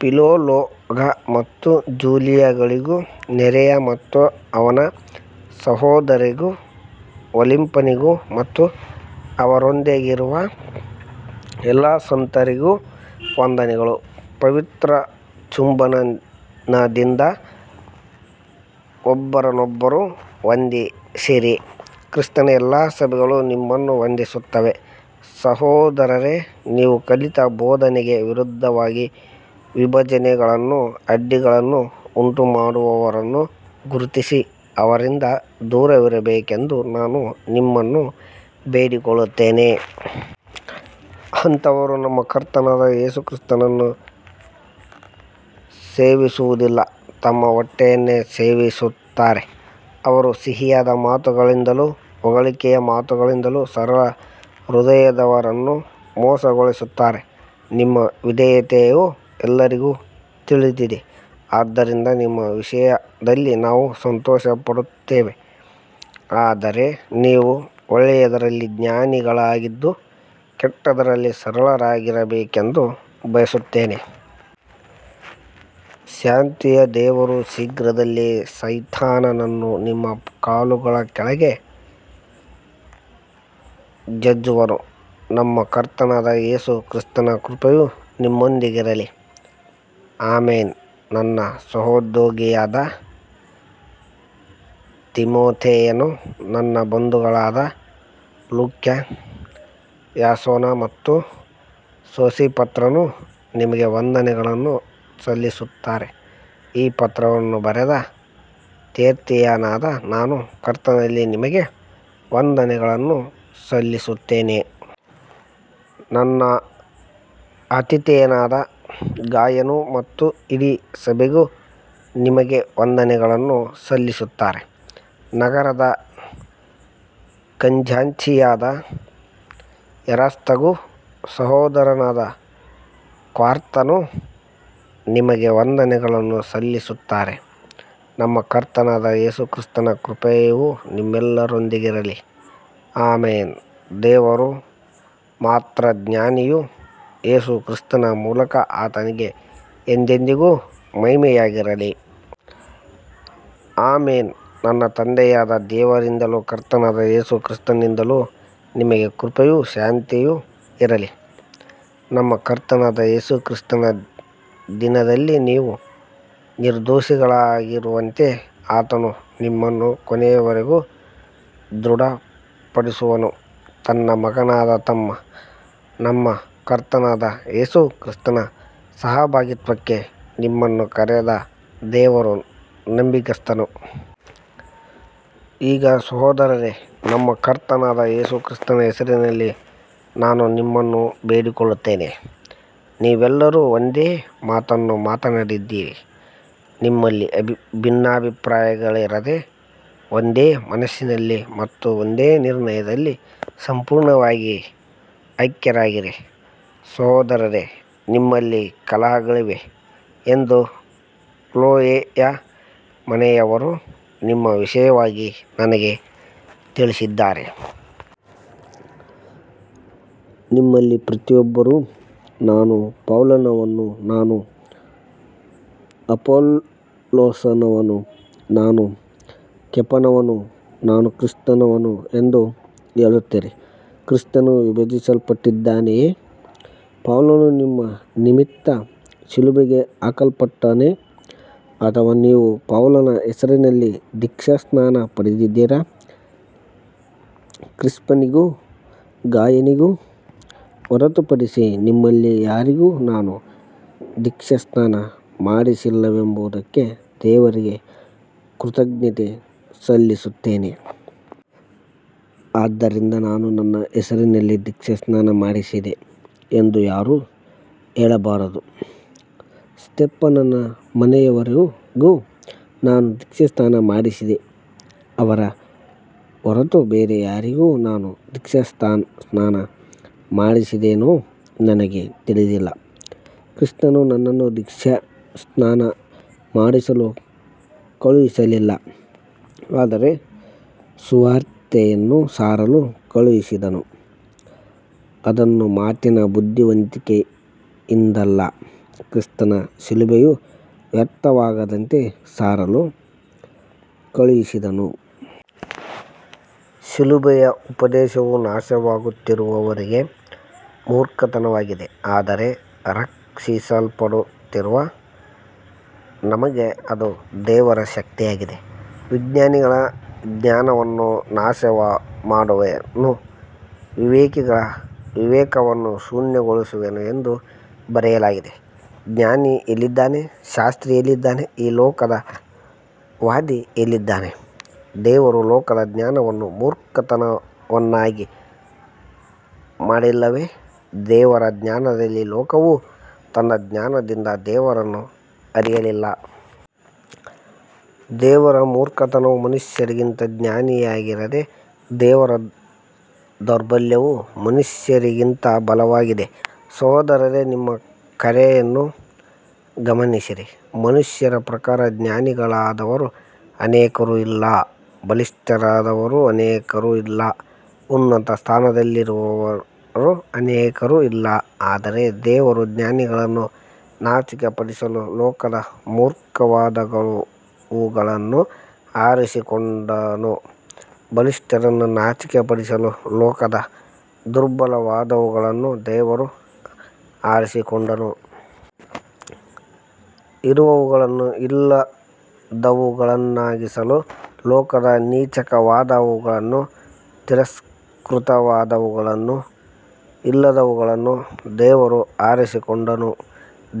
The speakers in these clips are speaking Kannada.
ಫಿಲೋಲೋಗ ಮತ್ತು ಜೂಲಿಯಳಿಗೂ, ನೆರೆಯ ಮತ್ತು ಅವನ ಸಹೋದರಿಗೂ, ಒಲಿಂಪನಿಗೂ ಮತ್ತು ಅವರೊಂದಿಗಿರುವ ಎಲ್ಲ ಸಂತರಿಗೂ ವಂದನೆಗಳು. ಪವಿತ್ರ ಚುಂಬನದಿಂದ ಒಬ್ಬರನ್ನೊಬ್ಬರು ವಂದಿಸಿರಿ. ಕ್ರಿಸ್ತನ ಎಲ್ಲಾ ಸಭೆಗಳು ನಿಮ್ಮನ್ನು ವಂದಿಸುತ್ತವೆ. ಸಹೋದರರೇ, ನೀವು ಕಲಿತ ಬೋಧನೆಗೆ ವಿರುದ್ಧವಾಗಿ ವಿಭಜನೆಗಳನ್ನೂ ಅಡ್ಡಿಗಳನ್ನೂ ಉಂಟುಮಾಡುವವರನ್ನು ಗುರುತಿಸಿ, ಅವರಿಂದ ದೂರವಿರಬೇಕೆಂದು ನಾನು ನಿಮ್ಮನ್ನು ಬೇಡಿಕೊಳ್ಳುತ್ತೇನೆ. ಅಂತಹವರು ನಮ್ಮ ಕರ್ತನಾದ ಯೇಸು ಕ್ರಿಸ್ತನನ್ನು ಸೇವಿಸುವುದಿಲ್ಲ, ತಮ್ಮ ಹೊಟ್ಟೆಯನ್ನೇ ಸೇವಿಸುತ್ತಾರೆ. ಅವರು ಸಿಹಿಯಾದ ಮಾತುಗಳಿಂದಲೂ ಹೊಗಳಿಕೆಯ ಮಾತುಗಳಿಂದಲೂ ಸರಳ ಹೃದಯದವರನ್ನು ಮೋಸಗೊಳಿಸುತ್ತಾರೆ. ನಿಮ್ಮ ವಿಧೇಯತೆಯು ಎಲ್ಲರಿಗೂ ತಿಳಿದಿದೆ, ಆದ್ದರಿಂದ ನಿಮ್ಮ ವಿಷಯದಲ್ಲಿ ನಾನು ಸಂತೋಷಪಡುತ್ತೇನೆ. ಆದರೆ ನೀವು ಒಳ್ಳೆಯದರಲ್ಲಿ ಜ್ಞಾನಿಗಳಾಗಿದ್ದು, ಕೆಟ್ಟದ್ದರಲ್ಲಿ ಸರಳರಾಗಿರಬೇಕೆಂದು ಬಯಸುತ್ತೇನೆ. ಶಾಂತಿಯ ದೇವರು ಶೀಘ್ರದಲ್ಲೇ ಸೈತಾನನನ್ನು ನಿಮ್ಮ ಕಾಲುಗಳ ಕೆಳಗೆ ಜಜ್ಜುವನು. ನಮ್ಮ ಕರ್ತನಾದ ಯೇಸು ಕ್ರಿಸ್ತನ ಕೃಪೆಯು ನಿಮ್ಮೊಂದಿಗಿರಲಿ. ಆಮೆನ್. ನನ್ನ ಸಹೋದ್ಯೋಗಿಯಾದ ತಿಮೊಥೆಯನೂ, ನನ್ನ ಬಂಧುಗಳಾದ ಲೂಕ್ಯ, ಯಾಸೋನ ಮತ್ತು ಸೋಸಿಪತ್ರನೂ ನಿಮಗೆ ವಂದನೆಗಳನ್ನು ಸಲ್ಲಿಸುತ್ತಾರೆ. ಈ ಪತ್ರವನ್ನು ಬರೆದ ತೇರ್ತಿಯನಾದ ನಾನು ಕರ್ತನಲ್ಲಿ ನಿಮಗೆ ವಂದನೆಗಳನ್ನು ಸಲ್ಲಿಸುತ್ತೇನೆ. ನನ್ನ ಆತಿಥೇಯನಾದ ಗಾಯನೂ ಮತ್ತು ಇಡೀ ಸಭೆಯೂ ನಿಮಗೆ ವಂದನೆಗಳನ್ನು ಸಲ್ಲಿಸುತ್ತಾರೆ. ನಗರದ ಖಜಾಂಚಿಯಾದ ಎರಾಸ್ತನೂ, ಸಹೋದರನಾದ ಕ್ವಾರ್ತನೂ ನಿಮಗೆ ವಂದನೆಗಳನ್ನು ಸಲ್ಲಿಸುತ್ತಾರೆ. ನಮ್ಮ ಕರ್ತನಾದ ಯೇಸು ಕ್ರಿಸ್ತನ ಕೃಪೆಯು ನಿಮ್ಮೆಲ್ಲರೊಂದಿಗಿರಲಿ. ಆಮೆನ್. ದೇವರು ಮಾತ್ರ ಜ್ಞಾನಿಯು, ಯೇಸು ಕ್ರಿಸ್ತನ ಮೂಲಕ ಆತನಿಗೆ ಎಂದೆಂದಿಗೂ ಮಹಿಮೆಯಾಗಲಿ. ಆಮೆನ್. ನಮ್ಮ ತಂದೆಯಾದ ದೇವರಿಂದಲೂ ಕರ್ತನಾದ ಯೇಸು ಕ್ರಿಸ್ತನಿಂದಲೂ ನಿಮಗೆ ಕೃಪೆಯೂ ಶಾಂತಿಯೂ ಇರಲಿ. ನಮ್ಮ ಕರ್ತನಾದ ಯೇಸು ಕ್ರಿಸ್ತನ ದಿನದಲ್ಲಿ ನೀವು ನಿರ್ದೋಷಿಗಳಾಗಿರುವಂತೆ ಆತನು ನಿಮ್ಮನ್ನು ಕೊನೆಯವರೆಗೂ ದೃಢಪಡಿಸುವನು. ತನ್ನ ಮಗನಾದ ನಮ್ಮ ಕರ್ತನಾದ ಯೇಸು ಕ್ರಿಸ್ತನ ಸಹಭಾಗಿತ್ವಕ್ಕೆ ನಿಮ್ಮನ್ನು ಕರೆದ ದೇವರು ನಂಬಿಗಸ್ತನು. ಈಗ ಸಹೋದರರೇ, ನಮ್ಮ ಕರ್ತನಾದ ಯೇಸು ಕ್ರಿಸ್ತನ ಹೆಸರಿನಲ್ಲಿ ನಾನು ನಿಮ್ಮನ್ನು ಬೇಡಿಕೊಳ್ಳುತ್ತೇನೆ, ನೀವೆಲ್ಲರೂ ಒಂದೇ ಮಾತನ್ನು ಮಾತನಾಡಿರಿ. ನಿಮ್ಮಲ್ಲಿ ಭಿನ್ನಾಭಿಪ್ರಾಯಗಳಿರದೆ, ಒಂದೇ ಮನಸ್ಸಿನಲ್ಲಿ ಮತ್ತು ಒಂದೇ ನಿರ್ಣಯದಲ್ಲಿ ಸಂಪೂರ್ಣವಾಗಿ ಐಕ್ಯರಾಗಿರಿ. ಸಹೋದರರೇ, ನಿಮ್ಮಲ್ಲಿ ಕಲಹಗಳಿವೆ ಎಂದು ಕ್ಲೋಯೆಯ ಮನೆಯವರು ನಿಮ್ಮ ವಿಷಯವಾಗಿ ನನಗೆ ತಿಳಿಸಿದ್ದಾರೆ. ನಿಮ್ಮಲ್ಲಿ ಪ್ರತಿಯೊಬ್ಬರೂ, ನಾನು ಪೌಲನವನೂ, ನಾನು ಅಪೊಲ್ಲೋಸನವನೂ, ನಾನು ಕೇಫನವನೂ, ನಾನು ಕ್ರಿಸ್ತನವನೂ ಎಂದು ಹೇಳುತ್ತೀರಿ. ಕ್ರಿಸ್ತನು ವಿಭಜಿಸಲ್ಪಟ್ಟಿದ್ದಾನೆಯೇ. ಪೌಲನು ನಿಮ್ಮ ನಿಮಿತ್ತ ಶಿಲುಬೆಗೆ ಹಾಕಲ್ಪಟ್ಟನೇ. ಅಥವಾ ನೀವು ಪೌಲನ ಹೆಸರಿನಲ್ಲಿ ದೀಕ್ಷಾಸ್ನಾನ ಪಡೆದಿರಾ. ಕ್ರಿಸ್ಪನಿಗೂ ಗಾಯನಿಗೂ ಹೊರತುಪಡಿಸಿ ನಿಮ್ಮಲ್ಲಿ ಯಾರಿಗೂ ನಾನು ದೀಕ್ಷಾಸ್ನಾನ ಮಾಡಿಸಲಿಲ್ಲವೆಂಬುದಕ್ಕೆ ದೇವರಿಗೆ ಕೃತಜ್ಞತೆ ಸಲ್ಲಿಸುತ್ತೇನೆ. ಆದ್ದರಿಂದ ನಾನು ನನ್ನ ಹೆಸರಿನಲ್ಲಿ ದೀಕ್ಷಾಸ್ನಾನ ಮಾಡಿಸಿದೆ ಎಂದು ಯಾರೂ ಹೇಳಬಾರದು. ಸ್ತೆಫನನ ಮನೆಯವರಿಗೂ ನಾನು ದೀಕ್ಷಾಸ್ನಾನ ಮಾಡಿಸಿದೆ. ಅವರ ಹೊರತು ಬೇರೆ ಯಾರಿಗೂ ನಾನು ದೀಕ್ಷಾಸ್ನಾನ ಮಾಡಿಸಿದ್ದೇನೋ ನನಗೆ ತಿಳಿದಿಲ್ಲ. ಕ್ರಿಸ್ತನು ನನ್ನನ್ನು ದೀಕ್ಷಾಸ್ನಾನ ಮಾಡಿಸಲು ಕಳುಹಿಸಲಿಲ್ಲ, ಆದರೆ ಸುವಾರ್ತೆಯನ್ನು ಸಾರಲು ಕಳುಹಿಸಿದನು. ಅದನ್ನು ಮಾತಿನ ಬುದ್ಧಿವಂತಿಕೆಯಿಂದಲ್ಲ, ಕ್ರಿಸ್ತನ ಶಿಲುಬೆಯು ವ್ಯರ್ಥವಾಗದಂತೆ ಸಾರಲು ಕಳುಹಿಸಿದನು. ಶಿಲುಬೆಯ ಉಪದೇಶವು ನಾಶವಾಗುತ್ತಿರುವವರಿಗೆ ಮೂರ್ಖತನವಾಗಿದೆ, ಆದರೆ ರಕ್ಷಿಸಲ್ಪಡುತ್ತಿರುವ ನಮಗೆ ಅದು ದೇವರ ಶಕ್ತಿಯಾಗಿದೆ. ಜ್ಞಾನಿಗಳ ಜ್ಞಾನವನ್ನು ನಾಶಮಾಡುವೆನು, ವಿವೇಕಿಗಳ ವಿವೇಕವನ್ನು ಶೂನ್ಯಗೊಳಿಸುವೆನು ಎಂದು ಬರೆಯಲಾಗಿದೆ. ಜ್ಞಾನಿ ಎಲ್ಲಿದ್ದಾನೆ, ಶಾಸ್ತ್ರಿ ಎಲ್ಲಿದ್ದಾನೆ, ಈ ಲೋಕದ ವಾದಿ ಎಲ್ಲಿದ್ದಾನೆ. ದೇವರು ಲೋಕದ ಜ್ಞಾನವನ್ನು ಮೂರ್ಖತನವನ್ನಾಗಿ ಮಾಡಿಲ್ಲವೇ. ದೇವರ ಜ್ಞಾನದಲ್ಲಿ ಲೋಕವು ತನ್ನ ಜ್ಞಾನದಿಂದ ದೇವರನ್ನು ಅರಿಯಲಿಲ್ಲ. ದೇವರ ಮೂರ್ಖತನವು ಮನುಷ್ಯರಿಗಿಂತ ಜ್ಞಾನಿಯಾಗಿದೆ, ದೇವರ ದೌರ್ಬಲ್ಯವು ಮನುಷ್ಯರಿಗಿಂತ ಬಲವಾಗಿದೆ. ಸಹೋದರರೇ, ನಿಮ್ಮ ಕರೆಯನ್ನು ಗಮನಿಸಿರಿ. ಮನುಷ್ಯರ ಪ್ರಕಾರ ಜ್ಞಾನಿಗಳಾದವರು ಅನೇಕರು ಇಲ್ಲ, ಬಲಿಷ್ಠರಾದವರು ಅನೇಕರು ಇಲ್ಲ, ಉನ್ನತ ಸ್ಥಾನದಲ್ಲಿರುವವರು ಅನೇಕರು ಇಲ್ಲ. ಆದರೆ ದೇವರು ಜ್ಞಾನಿಗಳನ್ನು ನಾಚಿಕೆಪಡಿಸಲು ಲೋಕದ ಮೂರ್ಖವಾದವುಗಳನ್ನು ಆರಿಸಿಕೊಂಡನು. ಬಲಿಷ್ಠರನ್ನು ನಾಚಿಕೆಪಡಿಸಲು ಲೋಕದ ದುರ್ಬಲವಾದವುಗಳನ್ನು ದೇವರು ಆರಿಸಿಕೊಂಡನು. ಇರುವವುಗಳನ್ನು ಇಲ್ಲದವುಗಳನ್ನಾಗಿಸಲು ಲೋಕದ ನೀಚವಾದವುಗಳನ್ನೂ ತಿರಸ್ಕೃತವಾದವುಗಳನ್ನೂ ಇಲ್ಲದವುಗಳನ್ನೂ ದೇವರು ಆರಿಸಿಕೊಂಡನು.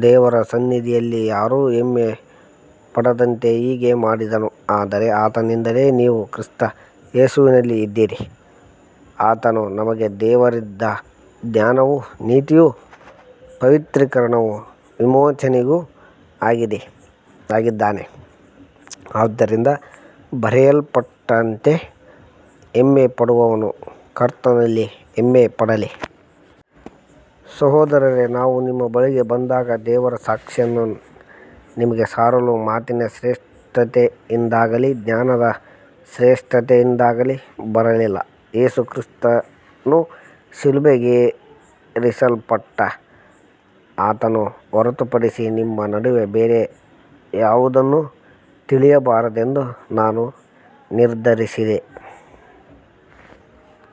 ದೇವರ ಸನ್ನಿಧಿಯಲ್ಲಿ ಯಾರೂ ಹೆಮ್ಮೆಪಡದಂತೆ ಹೀಗೆ ಮಾಡಿದನು. ಆದರೆ ಆತನಿಂದಲೇ ನೀವು ಕ್ರಿಸ್ತ ಯೇಸುವಿನಲ್ಲಿ ಇದ್ದೀರಿ. ಆತನು ನಮಗೆ ದೇವರಿಂದ ಜ್ಞಾನವೂ ನೀತಿಯೂ ಪವಿತ್ರೀಕರಣವೂ ವಿಮೋಚನೆಯೂ ಆಗಿದ್ದಾನೆ. ಆದ್ದರಿಂದ ಬರೆಯಲ್ಪಟ್ಟಂತೆ, ಹೆಮ್ಮೆಪಡುವವನು ಕರ್ತನಲ್ಲಿ ಹೆಮ್ಮೆಪಡಲಿ. ಸಹೋದರರೇ, ನಾನು ನಿಮ್ಮ ಬಳಿಗೆ ಬಂದಾಗ ದೇವರ ಸಾಕ್ಷಿಯನ್ನು ನಿಮಗೆ ಸಾರಲು ಮಾತಿನ ಶ್ರೇಷ್ಠತೆಯಿಂದಾಗಲಿ ಜ್ಞಾನದ ಶ್ರೇಷ್ಠತೆಯಿಂದಾಗಲಿ ಬರಲಿಲ್ಲ. ಯೇಸು ಕ್ರಿಸ್ತನನ್ನೂ ಶಿಲುಬೆಗೇರಿಸಲ್ಪಟ್ಟ ಆತನನ್ನೂ ಹೊರತುಪಡಿಸಿ ನಿಮ್ಮ ನಡುವೆ ಬೇರೆ ಯಾವುದನ್ನೂ ತಿಳಿಯಬಾರದೆಂದು ನಾನು ನಿರ್ಧರಿಸಿದೆ.